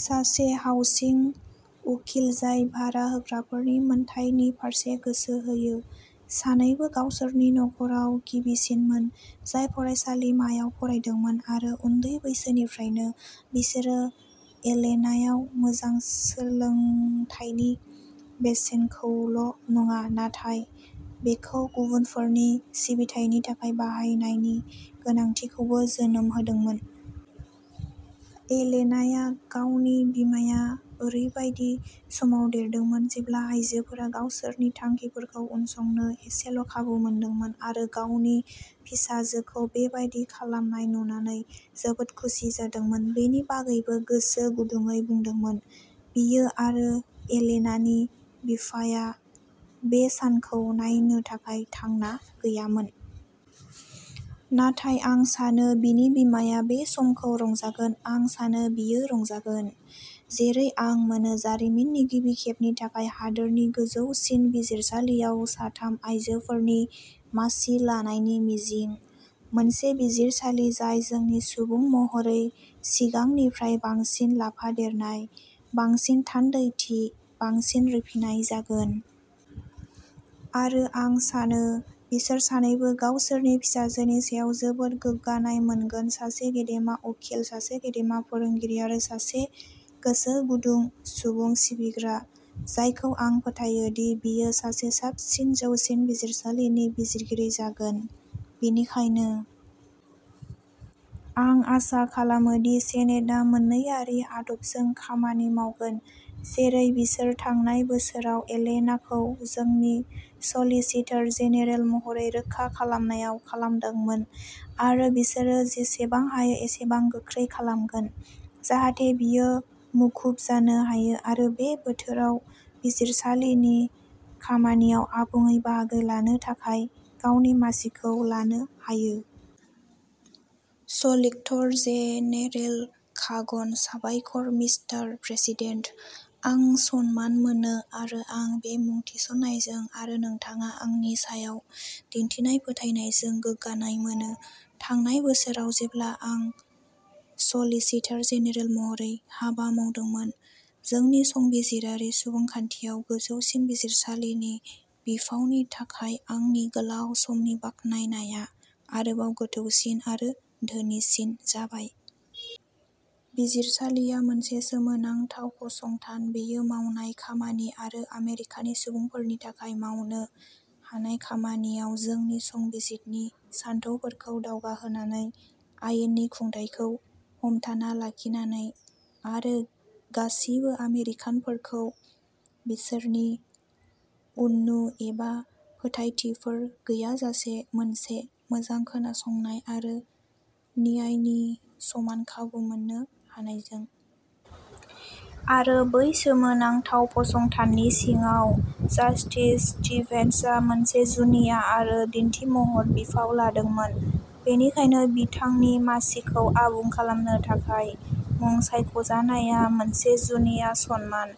सासे हाउसिं उखिल, जाय भारा होग्राफोरनि मोनथायनि फारसे गोसो होयो। सानैबो गावसोरनि नख'राव गिबिसिनमोन जाय फरायसालिमायाव फरायदोंमोन। आरो उन्दै बैसोनिफ्रायनो, बिसोरो एलेनायाव मोजां सोलोंथायनि बेसेनखौल'नङा, नाथाय बेखौ गुबुनफोरनि सिबिथायनि थाखाय बाहायनायनि गोनांथिखौबो जोनोम होदोंमोन। एलेनाया गावनि बिमाया ओरैबायदि समाव देरदोंमोन जेब्ला आइजोफोरा गावसोरनि थांखिफोरखौ उनसंनो एसेल'खाबु मोनदोंमोन आरो गावनि फिसाजोखौ बेबादि खालामनाय नुनानै जोबोद खुसि जादोंमोन बेनि बागैबो गोसो गुदुंयै बुंदोंमोन। बियो, आरो एलेनानि बिफाया, बे सानखौ नायनो थाखाय थांना गैयामोन। नाथाय आं सानो बिनि बिमाया बे समखौ रंजागोन। आं सानो बियो रंजागोन-- जेरै आं मोनो-- जारिमिननि गिबि खेबनि थाखाय हादोरनि गोजौसिन बिजिरसालियाव साथाम आयजोफोरनि मासि लानायनि मिजिं। मोनसे बिजिरसालि जाय जोंनि सुबुं महरै सिगांनिख्रुइ बांसिन लाफादेरनाय, बांसिन थान्दैथि, बांसिन रिफिनाय जागोन। आरो आं सानो। बिसोर सानैबो गावसोरनि फिसाजोनि सायाव जोबोद गोग्गानाय मोनगोन-सासे गेदेमा उखिल, सासे गेदेमा फोरोंगिरि, आरो सासे गोसोगुदुं सुबुं सिबिग्रा, जायखौ आं फोथायो दि बियो सासे साबसिन जौसिन बिजिरसालिनि बिजिरगिरि जागोन। बेनिखायनो आं आसा खालामो दि सेनेटआ मोन्नैआरि आदबजों खामानि मावगोन, जेरै बिसोर थांनाय बोसोराव एलेनाखौ जोंनि सलिसिटर जेनेरेल महरै रोखा खालामनायाव खालामदोंमोन, आरो बिसोरो जेसेबां हायो एसेबां गोख्रै खालामगोन, जाहाथे बियो मुखुब जानो हायो आरो बे बोथोराव बिजिरसालिनि खामानियाव आबुङै बाहागो लानो थाखाय गावनि मासिखौ लानो हायो। सलिक्टर जेनेरेल कागनः साबायखर, मिस्टार प्रेसिदेन्ट। आं सनमान मोनो आरो आं बे मुं थिसननायजों आरो नोंथाङा आंनि सायाव दिन्थिनाय फोथायनायजों गोग्गानाय मोनो। थांनाय बोसोराव जेब्ला आं सलिसिटर जेनेरेल महरै हाबा मावदोंमोन, जोंनि संबिजिरारि सुबुंखान्थियाव गोजौसिन बिजिरसालिनि बिफावनि थाखाय आंनि गोलाव समनि बाख्नायनाया आरोबाव गोथौसिन आरो धोनिसिन जाबाय। बिजिरसालिया मोनसे सोमोनांथाव फसंथान। बेयो मावनाय खामानि आरो आमेरिकानि सुबुंफोरनि थाखाय मावनो हानाय खामानियाव जोंनि संबिजिदनि सानथौफोरखौ दावगाहोनानै, आयेननि खुंथायखौ हमथाना लाखिनानै, आरो गासिबो आमेरिकानफोरखौ, बिसोरनि उननु एबा फोथायथिफोर गैयाजासे, मोनसे मोजां खोनासंनाय आरो न्यायनि समान खाबु मोन्नो हानायजों। आरो बै सोमोनांथाव फसंथाननि सिङाव, जास्टिस स्टिभेन्सआ मोनसे जुनिया आरो दिन्थिमहर बिफाव लादोंमोन। बेनिखायनो, बिथांनि मासिखौ आबुं खालामनो थाखाय मुं सायख'जानायआ मोनसे जुनिया सनमान।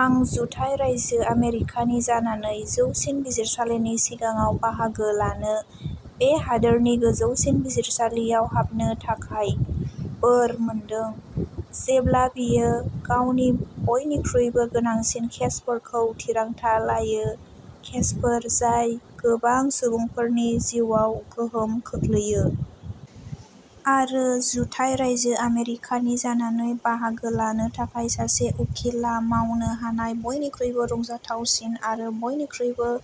आं जुथाइ रायजो आमेरिकानि जानानै जौसिन बिजिरसालिनि सिगाङाव बाहागो लानो, बे हादोरनि गोजौसिन बिजिरसालियाव हाबनो थाखाय बोर मोनदों, जेब्ला बेयो गावनि बयनिख्रुइबो गोनांसिन केसफोरखौ थिरांथा लायो, केसफोर जाय गोबां सुबुंफोरनि जिउआव गोहोम खोख्लैयो। आरो जुथाइ रायजो आमेरिकानि जानानै बाहागो लानो थाखाय सासे उखिलआ मावनो हानाय बयनिख्रुइबो रंजाथावसिन आरो बयनिख्रुइबो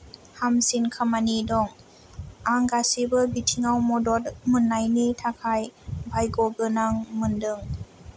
हामसिन खामानि दं। आं गासिबो बिथिङाव मदद मोन्नायनि थाखाय भाग्यगोनां मोनदों।